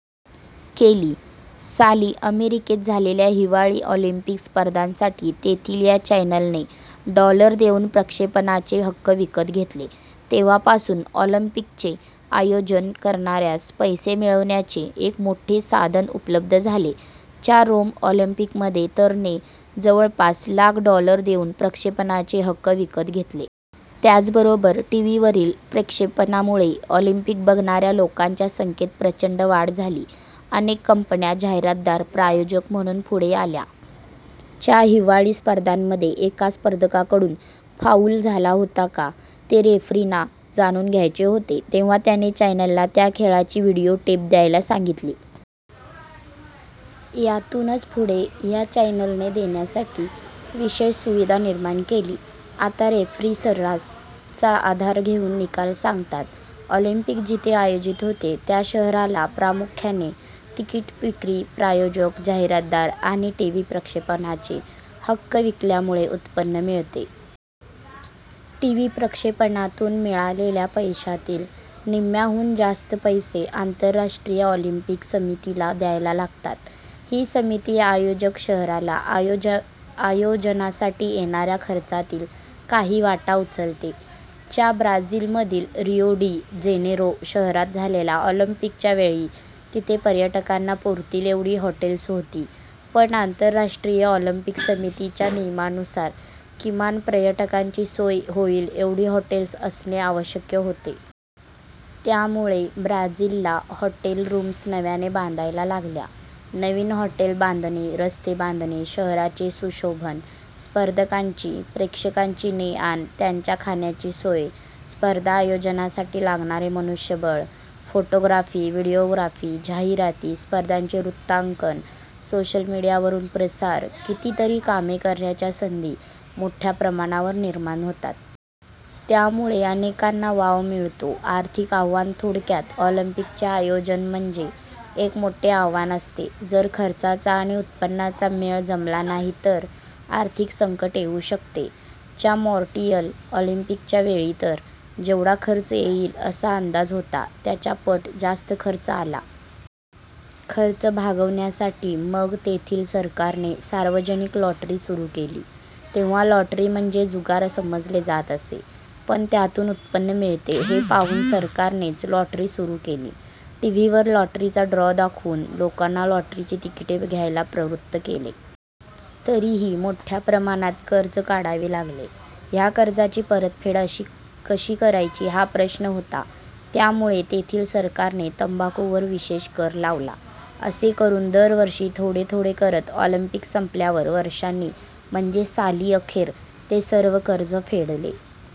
केली. साली अमेरिकेत झालेल्या हिवाळी ऑलिम्पिक स्पर्धांसाठी तेथील या चॅनलने डॉलर देऊन प्रक्षेपणाचे हक्क विकत घेतले. तेव्हापासून ऑलिम्पिकचे आयोजन करणाऱ्यास पैसे मिळवण्याचे एक मोठे साधन उपलब्ध झाले. च्या रोम ऑलिम्पिकमध्ये तर ने जवळपास लाख डॉलर देऊन प्रक्षेपणाचे हक्क विकत घेतले. त्याचबरोबर टीव्हीवरील प्रक्षेपणामुळे ऑलिम्पिक बघणाऱ्या लोकांच्या संख्येत प्रचंड वाढ झाली. अनेक कंपन्या जाहिरातदार/प्रायोजक म्हणून पुढे आल्या. च्या हिवाळी स्पर्धांमध्ये एका स्पर्धकाकडून फाऊल झाला होता का, ते रेफ्रींना जाणून घ्यायचे होते. तेव्हा त्यांनी चॅनलला त्या खेळाची व्हिडिओ टेप द्यायला सांगितली. यातूनच पुढे या चॅनलने देण्यासाठी विशेष सुविधा निर्माण केली. आता रेफ्री सर्रास चा आधार घेऊन निकाल सांगतात. ऑलिम्पिक जिथे आयोजित होते त्या शहराला प्रामुख्याने तिकीट विक्री, प्रायोजक, जाहिरातदार आणि टीव्ही प्रक्षेपणाचे हक्क विकल्यामुळे उत्पन्न मिळते. टीव्ही प्रक्षेपणातून मिळालेल्या पैशांतील निम्म्याहून जास्त पैसे आंतरराष्ट्रीय ऑलिम्पिक समितीला द्यायला लागतात. ही समिती, आयोजक शहराला आयोजनासाठी येणाऱ्या खर्चातील काही वाटा उचलते. च्या ब्राझीलमधील रियो डी जेनेरो शहरात झालेल्या ऑलिम्पिकच्या वेळी तिथे पर्यटकांना पुरतील एवढी हॉटेल्स होती, पण आंतरराष्ट्रीय ऑलिम्पिक समितीच्या नियमानुसार किमान पर्यटकांची सोय होईल एवढी हॉटेल्स असणे आवश्यक होते. त्यामुळे ब्राझीलला हॉटेल रूम्स नव्याने बांधायला लागल्या. नवीन हॉटेल बांधणी, रस्ते बांधणी, शहराचे सुशोभन, स्पर्धकांची, प्रेक्षकांची ने-आण, त्यांच्या खाण्याची सोय, स्पर्धा आयोजनासाठी लागणारे मनुष्यबळ, फोटोग्राफी, व्हिडिओग्राफी, जाहिराती, स्पर्धांचे वृत्तांकन, सोशल मीडियावरून प्रसार... कितीतरी कामे करण्याच्या संधी मोठ्या प्रमाणावर निर्माण होतात. त्यामुळे अनेकांना वाव मिळतो. आर्थिक आव्हान थोडक्यात, ऑलिम्पिकचे आयोजन म्हणजे एक मोठे आव्हान असते. जर खर्चाचा आणि उत्पन्नाचा मेळ जमला नाही तर आर्थिक संकट येऊ शकते. च्या मॉन्ट्रियल ऑलिम्पिकच्या वेळी तर जेवढा खर्च येईल असा अंदाज होता, त्याच्या पट जास्त खर्च आला. खर्च भागवण्यासाठी मग तेथील सरकारने सार्वजनिक लॉटरी सुरू केली. तेव्हा लॉटरी म्हणजे जुगार समजले जात असे, पण त्यातून उत्पन्न मिळते हे पाहून सरकारनेच लॉटरी सुरू केली. टीव्हीवर लॉटरीचा ड्रॉ दाखवून लोकांना लॉटरीची तिकिटे घ्यायला प्रवृत्त केले. तरीही मोठ्या प्रमाणात कर्ज काढावे लागले. या कर्जाची परतफेड कशी करायची हा प्रश्न होता. त्यामुळे तेथील सरकारने तंबाखूवर विशेष कर लावला. असे करून दर वर्षी थोडे-थोडे करत ऑलिम्पिक संपल्यावर वर्षांनी म्हणजे साली अखेर ते सर्व कर्ज फेडले.